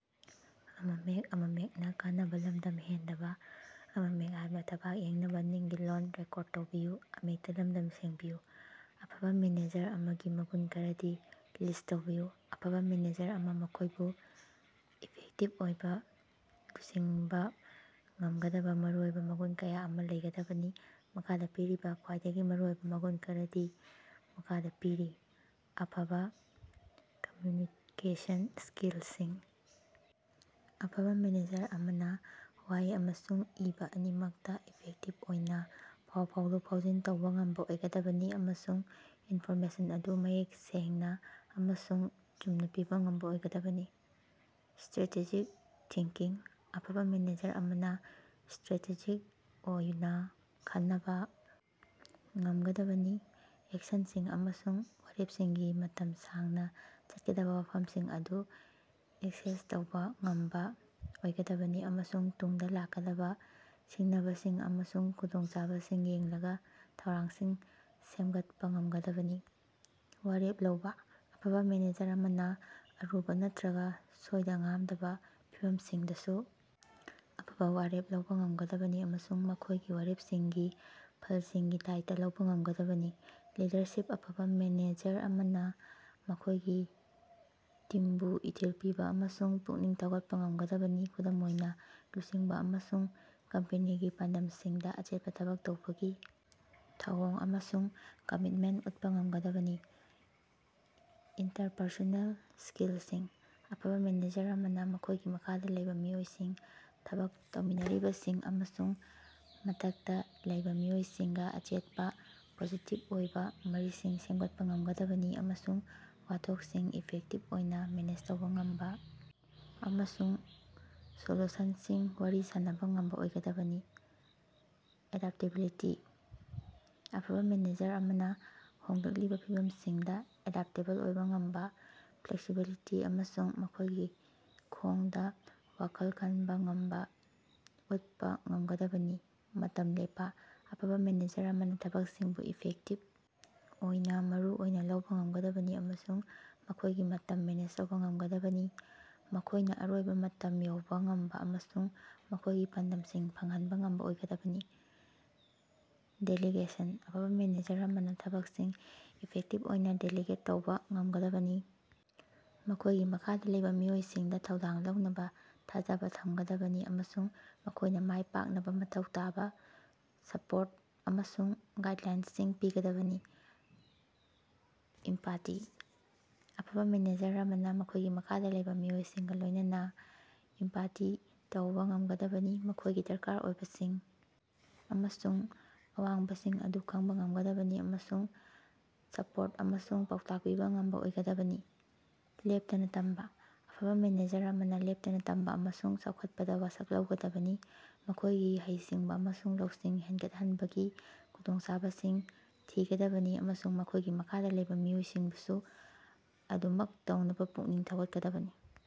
ꯑꯐꯕ ꯃꯦꯅꯦꯖꯔ ꯑꯃꯒꯤ ꯃꯒꯨꯟ ꯈꯔꯗꯤ ꯂꯤꯁ꯭ꯠ ꯇꯧꯕꯤꯌꯨ꯫ ꯑꯐꯕ ꯃꯦꯅꯦꯖꯔ ꯑꯃꯅ ꯃꯈꯣꯏꯕꯨ ꯏꯐꯦꯛꯇꯤꯕ ꯑꯣꯏꯅ ꯂꯨꯆꯤꯡꯕ ꯉꯝꯒꯗꯕ ꯃꯔꯨꯑꯣꯏꯕ ꯃꯒꯨꯟ ꯀꯌꯥ ꯑꯃ ꯂꯩꯒꯗꯕꯅꯤ꯫ ꯃꯈꯥꯗ ꯄꯤꯔꯤꯕ ꯈ꯭ꯋꯥꯏꯗꯒꯤ ꯃꯔꯨꯑꯣꯏꯕ ꯃꯒꯨꯟ ꯈꯔꯗꯤ ꯃꯈꯥꯗ ꯄꯤꯔꯤ - ꯑꯐꯕ ꯀꯝꯃ꯭ꯌꯨꯅꯤꯀꯦꯁꯟ ꯁ꯭ꯀꯤꯜꯁꯤꯡ - ꯑꯐꯕ ꯃꯦꯅꯦꯖꯔ ꯑꯃꯅ ꯋꯥꯍꯩ ꯑꯃꯁꯨꯡ ꯑꯏꯕ ꯑꯅꯤꯃꯛꯇ ꯏꯐꯦꯛꯇꯤꯚ ꯑꯣꯏꯅ ꯄꯥꯎ ꯐꯥꯎꯗꯣꯛ-ꯐꯥꯎꯖꯤꯟ ꯇꯧꯕ ꯉꯝꯕ ꯑꯣꯏꯒꯗꯕꯅꯤ ꯑꯃꯁꯨꯡ ꯏꯟꯐꯣꯔꯃꯦꯁꯟ ꯑꯗꯨ ꯃꯌꯦꯛ ꯁꯦꯡꯅ ꯑꯃꯁꯨꯡ ꯆꯨꯝꯅ ꯄꯤꯕ ꯉꯝꯕ ꯑꯣꯏꯒꯗꯕꯅꯤ꯫ ꯁ꯭ꯇꯔꯦꯇꯦꯖꯤꯛ ꯊꯤꯡꯀꯤꯡ - ꯑꯐꯕ ꯃꯦꯅꯦꯖꯔ ꯑꯃꯅ ꯁ꯭ꯇꯔꯦꯇꯦꯖꯤꯛ ꯑꯣꯏꯅ ꯈꯅꯕꯥ ꯉꯝꯒꯗꯕꯅꯤ, ꯑꯦꯛꯁꯟꯁꯤꯡ ꯑꯃꯁꯨꯡ ꯋꯥꯔꯦꯞꯁꯤꯡꯒꯤ ꯃꯇꯝ ꯁꯥꯡꯅ ꯆꯠꯀꯗꯕ ꯋꯥꯐꯝꯁꯤꯡ ꯑꯗꯨ ꯑꯦꯁꯦꯁ ꯇꯧꯕ ꯉꯝꯕ ꯑꯣꯏꯒꯗꯕꯅꯤ, ꯑꯃꯁꯨꯡ ꯇꯨꯡꯗ ꯂꯥꯛꯀꯗꯕ ꯁꯤꯡꯅꯕꯁꯤꯡ ꯑꯃꯁꯨꯡ ꯈꯨꯗꯣꯡꯆꯥꯕꯁꯤꯡ ꯌꯦꯡꯂꯒ ꯊꯧꯔꯥꯡꯁꯤꯡ ꯁꯦꯝꯒꯠꯄ ꯉꯝꯒꯗꯕꯅꯤ꯫ ꯋꯥꯔꯦꯞ ꯂꯧꯕ - ꯑꯐꯕ ꯃꯦꯅꯦꯖꯔ ꯑꯃꯅ ꯑꯔꯨꯕ ꯅꯠꯇꯔꯒ ꯁꯣꯏꯗ-ꯉꯥꯝꯗꯕ ꯐꯤꯚꯝꯁꯤꯡꯗꯁꯨ ꯑꯐꯕ ꯋꯥꯔꯦꯞ ꯂꯧꯕ ꯉꯝꯒꯗꯕꯅꯤ ꯑꯃꯁꯨꯡ ꯃꯈꯣꯏꯒꯤ ꯋꯥꯔꯦꯞꯁꯤꯡꯒꯤ ꯐꯜꯁꯤꯡꯒꯤ ꯗꯥꯏꯇꯥ ꯂꯧꯕ ꯉꯝꯒꯗꯕꯅꯤ꯫ ꯂꯤꯗꯔꯁꯤꯞ - ꯑꯐꯕ ꯃꯦꯅꯦꯖꯔ ꯑꯃꯅ ꯃꯈꯣꯏꯒꯤ ꯇꯤꯝꯕꯨ ꯏꯊꯤꯜ ꯄꯤꯕ ꯑꯃꯁꯨꯡ ꯄꯨꯛꯅꯤꯡ ꯊꯧꯒꯠꯄ ꯉꯝꯒꯗꯕꯅꯤ, ꯈꯨꯗꯝ ꯑꯣꯏꯅ ꯂꯨꯆꯤꯡꯕ ꯑꯃꯁꯨꯡ ꯀꯝꯄꯦꯅꯤꯒꯤ ꯄꯥꯟꯗꯝꯁꯤꯡꯗ ꯑꯆꯦꯠꯄ ꯊꯕꯛ ꯇꯧꯕꯒꯤ ꯊꯧꯑꯣꯡ ꯑꯃꯁꯨꯡ ꯀꯝꯃꯤꯠꯃꯦꯟꯇ ꯎꯠꯄ ꯉꯝꯒꯗꯕꯅꯤ꯫ ꯏꯟꯇꯔꯄꯔꯁꯣꯅꯦꯜ ꯁ꯭ꯀꯤꯜꯁꯤꯡ - ꯑꯐꯕ ꯃꯦꯅꯦꯖꯔ ꯑꯃꯅ ꯃꯈꯣꯏꯒꯤ ꯃꯈꯥꯗ ꯂꯩꯕ ꯃꯤꯑꯣꯏꯁꯤꯡ, ꯊꯕꯛ ꯇꯧꯃꯤꯟꯅꯔꯤꯕꯁꯤꯡ ꯑꯃꯁꯨꯡ ꯃꯊꯛꯇ ꯂꯩꯕꯥꯃꯤꯑꯣꯏꯁꯤꯡꯒ ꯑꯆꯦꯠꯄ, ꯄꯣꯖꯤꯇꯤꯚ ꯑꯣꯏꯕ ꯃꯔꯤꯁꯤꯡ ꯁꯦꯝꯒꯠꯄ ꯉꯝꯒꯗꯕꯅꯤ, ꯑꯃꯁꯨꯡ ꯋꯥꯊꯣꯛꯁꯤꯡ ꯏꯐꯦꯛꯇꯤꯕ ꯑꯣꯏꯅ ꯃꯦꯅꯦꯖ ꯇꯧꯕ ꯉꯝꯕ ꯑꯃꯁꯨꯡ ꯁꯣꯂꯨꯁꯟꯁꯤꯡ ꯋꯥꯔꯤ ꯁꯥꯅꯕ ꯉꯝꯕ ꯑꯣꯏꯒꯗꯕꯅꯤ꯫ ꯑꯦꯗꯞꯇꯦꯕꯤꯂꯤꯇꯤ - ꯑꯐꯕ ꯃꯦꯅꯦꯖꯔ ꯑꯃꯅ ꯍꯣꯡꯂꯛꯂꯤꯕ ꯐꯤꯚꯝꯁꯤꯡꯗ ꯑꯦꯗꯞꯇꯦꯕꯜ ꯑꯣꯏꯕ ꯉꯝꯕ, ꯐ꯭ꯂꯦꯛꯁꯤꯕꯤꯂꯤꯇꯤ ꯑꯃꯁꯨꯡ ꯃꯈꯣꯏꯒꯤ ꯈꯣꯡꯗ ꯋꯥꯈꯜ ꯈꯟꯕ ꯉꯝꯕ ꯎꯠꯄ ꯉꯝꯒꯗꯕꯅꯤ꯫ ꯃꯇꯝ ꯂꯦꯞꯄ - ꯑꯐꯕ ꯃꯦꯅꯦꯖꯔ ꯑꯃꯅ ꯊꯕꯛꯁꯤꯡꯕꯨ ꯏꯐꯦꯛꯇꯤꯕ ꯑꯣꯏꯅ ꯃꯔꯨ ꯑꯣꯏꯅ ꯂꯧꯕ ꯉꯝꯒꯗꯕꯅꯤ ꯑꯃꯁꯨꯡ ꯃꯈꯣꯏꯒꯤ ꯃꯇꯝ ꯃꯦꯅꯦꯖ ꯇꯧꯕ ꯉꯝꯒꯗꯕꯅꯤ, ꯃꯈꯣꯏꯅ ꯑꯔꯣꯏꯕ ꯃꯇꯝ ꯌꯧꯕ ꯉꯝꯕ ꯑꯃꯁꯨꯡ ꯃꯈꯣꯏꯒꯤ ꯄꯥꯟꯗꯝꯁꯤꯡ ꯐꯪꯍꯟꯕ ꯉꯝꯕ ꯑꯣꯏꯒꯗꯕꯅꯤ꯫ ꯗꯦꯂꯤꯒꯦꯁꯟ - ꯑꯐꯕ ꯃꯦꯅꯦꯖꯔ ꯑꯃꯅ ꯊꯕꯛꯁꯤꯡ ꯏꯐꯦꯛꯇꯤꯕ ꯑꯣꯏꯅ ꯗꯦꯂꯤꯒꯦꯠ ꯇꯧꯕ ꯉꯝꯒꯗꯕꯅꯤ, ꯃꯈꯣꯏꯒꯤ ꯃꯈꯥꯗ ꯂꯩꯕ ꯃꯤꯑꯣꯏꯁꯤꯡꯗ ꯊꯧꯗꯥꯡ ꯂꯧꯅꯕ ꯊꯥꯖꯕ ꯊꯝꯒꯗꯕꯅꯤ ꯑꯃꯁꯨꯡ ꯃꯈꯣꯏꯅ ꯃꯥꯏ ꯄꯥꯛꯅꯕ ꯃꯊꯧ ꯇꯥꯕ ꯁꯄꯣꯔꯠ ꯑꯃꯁꯨꯡ ꯒꯥꯏꯗꯂꯥꯏꯟꯁꯤꯡ ꯄꯤꯒꯗꯕꯅꯤ꯫ ꯏꯝꯄꯥꯇꯤ -ꯑꯐꯕ ꯃꯦꯅꯦꯖꯔ ꯑꯃꯅ ꯃꯈꯣꯏꯒꯤ ꯃꯈꯥꯗ ꯂꯩꯕ ꯃꯤꯑꯣꯏꯁꯤꯡꯒ ꯂꯣꯏꯅꯅ ꯏꯝꯄꯥꯇꯤ ꯇꯧꯕ ꯉꯝꯒꯗꯕꯅꯤ, ꯃꯈꯣꯏꯒꯤ ꯗꯔꯀꯥꯔ ꯑꯣꯏꯕꯁꯤꯡ ꯑꯃꯁꯨꯡ ꯑꯋꯥꯕꯁꯤꯡ ꯑꯗꯨ ꯈꯪꯕ ꯉꯝꯒꯗꯕꯅꯤ ꯑꯃꯁꯨꯡ ꯁꯄꯣꯔꯠ ꯑꯃꯁꯨꯡ ꯄꯥꯎꯇꯥꯛ ꯄꯤꯕ ꯉꯝꯕ ꯑꯣꯏꯒꯗꯕꯅꯤ꯫ ꯂꯦꯞꯇꯅ ꯇꯝꯕ - ꯑꯐꯕꯥ ꯃꯦꯅꯦꯖꯔ ꯑꯃꯅ ꯂꯦꯞꯇꯅ ꯇꯝꯕ ꯑꯃꯁꯨꯡ ꯆꯥꯎꯈꯠꯄꯗ ꯋꯥꯁꯛ ꯂꯧꯒꯗꯕꯅꯤ, ꯃꯈꯣꯏꯒꯤ ꯍꯩꯁꯤꯡꯕ ꯑꯃꯁꯨꯡ ꯂꯧꯁꯤꯡ ꯍꯦꯟꯒꯠꯍꯟꯅꯕꯒꯤ ꯈꯨꯗꯣꯡꯆꯥꯕꯁꯤꯡ ꯊꯤꯒꯗꯕꯅꯤ ꯑꯃꯁꯨꯡ ꯃꯈꯣꯏꯒꯤ ꯃꯈꯥꯗ ꯂꯩꯕ ꯃꯤꯑꯣꯏꯁꯤꯡꯕꯨꯁꯨ ꯑꯗꯨꯃꯛ ꯇꯧꯅꯕ ꯄꯨꯛꯅꯤꯡ ꯊꯧꯒꯠꯀꯗꯕꯅꯤ꯫